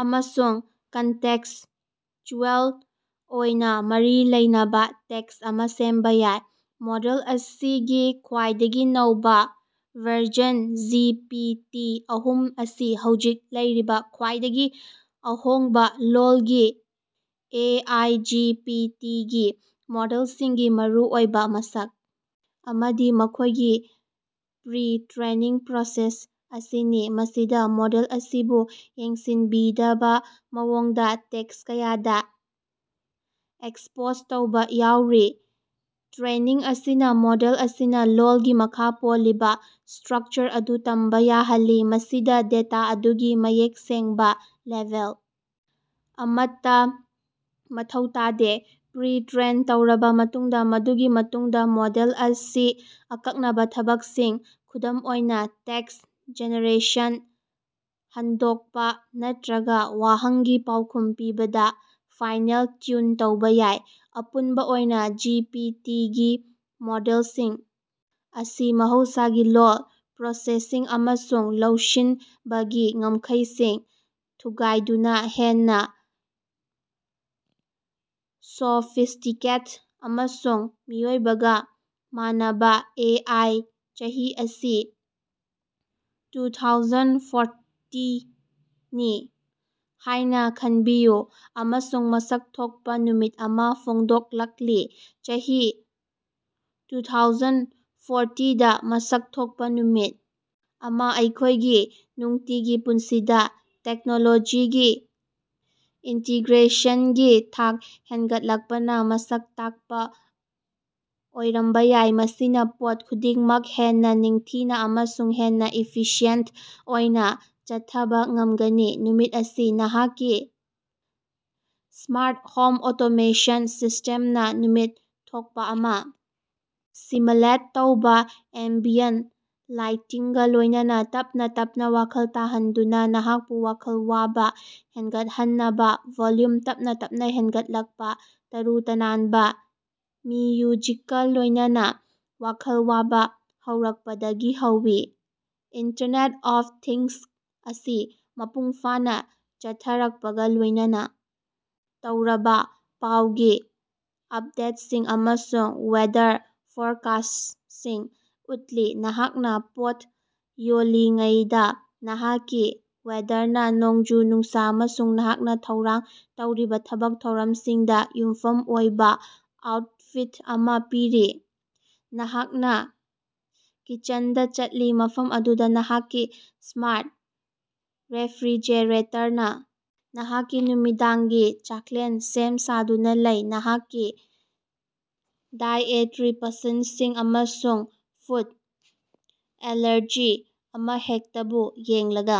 ꯑꯃꯁꯨꯡ ꯀꯟꯇꯦꯛꯁꯆꯨꯑꯦꯜ ꯑꯣꯏꯅ ꯃꯔꯤ ꯂꯩꯅꯕ ꯇꯦꯛꯁ ꯑꯃ ꯁꯦꯝꯕ ꯌꯥꯏ꯫ ꯃꯣꯗꯦꯜ ꯑꯁꯤꯒꯤ ꯈ꯭ꯋꯥꯏꯗꯒꯤ ꯅꯧꯕ ꯚꯔꯖꯟ ꯖꯤ ꯄꯤ ꯇꯤ ꯑꯍꯨꯝ ꯑꯁꯤ ꯍꯧꯖꯤꯛ ꯂꯩꯔꯤꯕ ꯈ꯭ꯋꯥꯏꯗꯒꯤ ꯑꯍꯣꯡꯕ ꯂꯣꯜꯒꯤ A I G P T ꯒꯤ ꯃꯣꯗꯦꯜꯁꯤꯡꯒꯤ ꯃꯔꯨꯑꯣꯏꯕ ꯃꯁꯛ ꯑꯃꯗꯤ ꯃꯈꯣꯏꯒꯤ ꯄꯔꯤ ꯇꯔꯦꯅꯤꯡ ꯄ꯭ꯔꯣꯁꯦꯁ ꯑꯁꯤꯅꯤ ꯃꯁꯤꯗ ꯃꯣꯗꯦꯜ ꯑꯁꯤꯕꯨ ꯌꯦꯡꯁꯤꯟꯕꯤꯗꯕ ꯃꯑꯣꯡꯗ ꯇꯦꯛꯁ ꯀꯌꯥꯗ ꯑꯦꯛꯁꯄꯣꯖ ꯇꯧꯕ ꯌꯥꯎꯔꯤ꯫ ꯇꯔꯦꯅꯤꯡ ꯑꯁꯤꯅ ꯃꯣꯗꯦꯜ ꯑꯁꯤꯅ ꯂꯣꯜꯒꯤ ꯃꯈꯥ ꯄꯣꯜꯂꯤꯕ ꯁꯇꯔꯛꯆꯔ ꯑꯗꯨ ꯇꯝꯕ ꯌꯥꯍꯜꯂꯤ ꯃꯁꯤꯗ ꯗꯦꯇꯥ ꯑꯗꯨꯒꯤ ꯃꯌꯦꯛ ꯁꯦꯡꯕ ꯂꯦꯕꯦꯜ ꯑꯃꯠꯇ ꯃꯊꯧ ꯇꯥꯗꯦ꯫ ꯄꯔꯤ ꯇꯔꯦꯟ ꯇꯧꯔꯕ ꯃꯇꯨꯡꯗ ꯃꯗꯨꯒꯤ ꯃꯇꯨꯡꯗ ꯃꯣꯗꯦꯜ ꯑꯁꯤ ꯑꯀꯛꯅꯕ ꯊꯕꯛꯁꯤꯡ ꯈꯨꯗꯝ ꯑꯣꯏꯅ ꯇꯦꯛꯁ ꯖꯦꯅꯦꯔꯦꯁꯟ ꯍꯟꯗꯣꯛꯄ ꯅꯠꯇ꯭ꯔꯒ ꯋꯥꯍꯪꯒꯤ ꯄꯥꯎꯈꯨꯝ ꯄꯤꯕꯗ ꯐꯥꯏꯅꯦꯜ ꯇꯌꯨꯟ ꯇꯧꯕ ꯌꯥꯏ꯫ ꯑꯄꯨꯟꯕ ꯑꯣꯏꯅ ꯖꯤ ꯄꯤ ꯇꯤ ꯒꯤ ꯃꯣꯗꯦꯜꯁꯤꯡ ꯑꯁꯤ ꯃꯍꯧꯁꯥꯒꯤ ꯂꯣꯜ ꯄꯔꯣꯁꯦꯁꯤꯡ ꯑꯃꯁꯨꯡ ꯂꯧꯁꯤꯟꯕꯒꯤ ꯉꯝꯈꯩꯁꯤꯡ ꯊꯨꯒꯥꯏꯗꯨꯅ ꯍꯦꯟꯅ ꯁꯣꯐꯤꯁꯇꯤꯀꯦꯠ ꯑꯃꯁꯨꯡ ꯃꯤꯑꯣꯏꯕꯒ ꯃꯥꯟꯅꯕ ꯑꯦ ꯑꯥꯏ ꯆꯍꯤ ꯑꯁꯤ ꯇꯨꯊꯥꯎꯖꯟ ꯐꯣꯔꯇꯤ ꯅꯤ ꯍꯥꯏꯅ ꯈꯟꯕꯤꯌꯨ ꯑꯃꯁꯨꯡ ꯃꯁꯛ ꯊꯣꯛꯄ ꯅꯨꯃꯤꯠ ꯑꯃ ꯐꯣꯡꯗꯣꯛꯂꯛꯂꯤ꯫ꯆꯍꯤ ꯇꯨꯊꯥꯎꯖꯟ ꯐꯣꯔꯇꯤꯗ ꯃꯁꯛ ꯊꯣꯛꯄ ꯅꯨꯃꯤꯠ ꯑꯃ ꯑꯩꯈꯣꯏꯒꯤ ꯅꯨꯡꯇꯤꯒꯤ ꯄꯨꯟꯁꯤꯗ ꯇꯦꯛꯅꯣꯂꯣꯖꯤꯒꯤ ꯏꯟꯇꯤꯒꯔꯦꯁꯟꯒꯤ ꯊꯥꯛ ꯍꯦꯟꯒꯠꯂꯛꯄꯅ ꯃꯁꯛ ꯇꯥꯛꯄ ꯑꯣꯏꯔꯝꯕ ꯌꯥꯏ ꯃꯁꯤꯅ ꯄꯣꯠ ꯈꯨꯗꯤꯡꯃꯛ ꯍꯦꯟꯅ ꯅꯤꯡꯊꯤꯅ ꯑꯃꯁꯨꯡ ꯍꯦꯟꯅ ꯏꯐꯤꯁꯤꯌꯦꯟ ꯑꯣꯏꯅ ꯆꯠꯊꯕ ꯉꯝꯒꯅꯤ꯫ ꯅꯨꯃꯤꯠ ꯑꯁꯤ ꯅꯍꯥꯛꯀꯤ ꯁꯃꯥꯔꯠ ꯍꯣꯝ ꯑꯣꯇꯣꯃꯦꯁꯟ ꯁꯤꯁꯇꯦꯝꯅ ꯅꯨꯃꯤꯠ ꯊꯣꯛꯄ ꯑꯃ ꯁꯤꯝꯂꯦꯠ ꯇꯧꯕ ꯑꯦꯝꯕꯤꯑꯦꯟ ꯂꯥꯏꯇꯤꯡꯒ ꯂꯣꯏꯅꯅ ꯇꯞꯅ ꯇꯞꯅ ꯋꯥꯈꯜ ꯇꯥꯍꯟꯗꯨꯅ ꯅꯍꯥꯛꯄꯨ ꯋꯥꯈꯜ ꯋꯥꯕ ꯍꯦꯟꯒꯠꯍꯟꯅꯕ ꯚꯣꯜꯌꯨꯝ ꯇꯞꯅ ꯇꯞꯅ ꯍꯦꯟꯒꯠꯂꯛꯄ ꯇꯔꯨ ꯇꯅꯥꯟꯕ ꯃꯤꯌꯨꯖꯤꯛꯀꯥ ꯂꯣꯏꯅꯅ ꯋꯥꯈꯜ ꯋꯥꯕ ꯍꯧꯔꯛꯄꯗꯒꯤ ꯍꯧꯏ꯫ ꯏꯟꯇꯔꯅꯦꯠ ꯑꯣꯐ ꯊꯤꯡꯁ ꯑꯁꯤ ꯃꯄꯨꯡ ꯐꯥꯅ ꯆꯠꯊꯔꯛꯄꯒ ꯂꯣꯏꯅꯅ ꯇꯧꯔꯕ ꯄꯥꯎꯒꯤ ꯑꯞꯗꯦꯠꯁꯤꯡ ꯑꯃꯁꯨꯡ ꯋꯦꯗꯔ ꯐꯣꯔꯀꯥꯁꯁꯤꯡ ꯎꯠꯂꯤ꯫ ꯅꯍꯥꯛꯅ ꯄꯣꯠ ꯌꯣꯜꯂꯤꯉꯩꯗ ꯅꯍꯥꯛꯀꯤ ꯋꯦꯗꯔꯅ ꯅꯣꯡꯖꯨ ꯅꯨꯡꯁꯥ ꯑꯃꯁꯨꯡ ꯅꯍꯥꯛꯅ ꯊꯧꯔꯥꯡ ꯇꯧꯔꯤꯕ ꯊꯕꯛ ꯊꯧꯔꯝꯁꯤꯡꯗ ꯌꯨꯝꯐꯝ ꯑꯣꯏꯕ ꯑꯥꯎꯠꯐꯤꯠ ꯑꯃ ꯄꯤꯔꯤ꯫ ꯅꯍꯥꯛꯅ ꯀꯤꯆꯟꯗ ꯆꯠꯂꯤ ꯃꯐꯝ ꯑꯗꯨꯗ ꯅꯍꯥꯛꯀꯤ ꯁꯃꯥꯔꯠ ꯔꯦꯐ꯭ꯔꯤꯖꯔꯦꯇꯔꯅ ꯅꯍꯥꯛꯀꯤ ꯅꯨꯃꯤꯗꯥꯡꯒꯤ ꯆꯥꯛꯂꯦꯟ ꯁꯦꯝ ꯁꯥꯗꯨꯅ ꯂꯩ ꯅꯍꯥꯛꯀꯤ ꯗꯥꯏꯑꯦꯇꯔꯤ ꯄꯁꯟꯁꯤꯡ ꯑꯃꯁꯨꯡ ꯐꯨꯗ ꯑꯦꯂꯥꯔꯖꯤ ꯑꯃꯍꯦꯛꯇꯕꯨ ꯌꯦꯡꯂꯒ꯫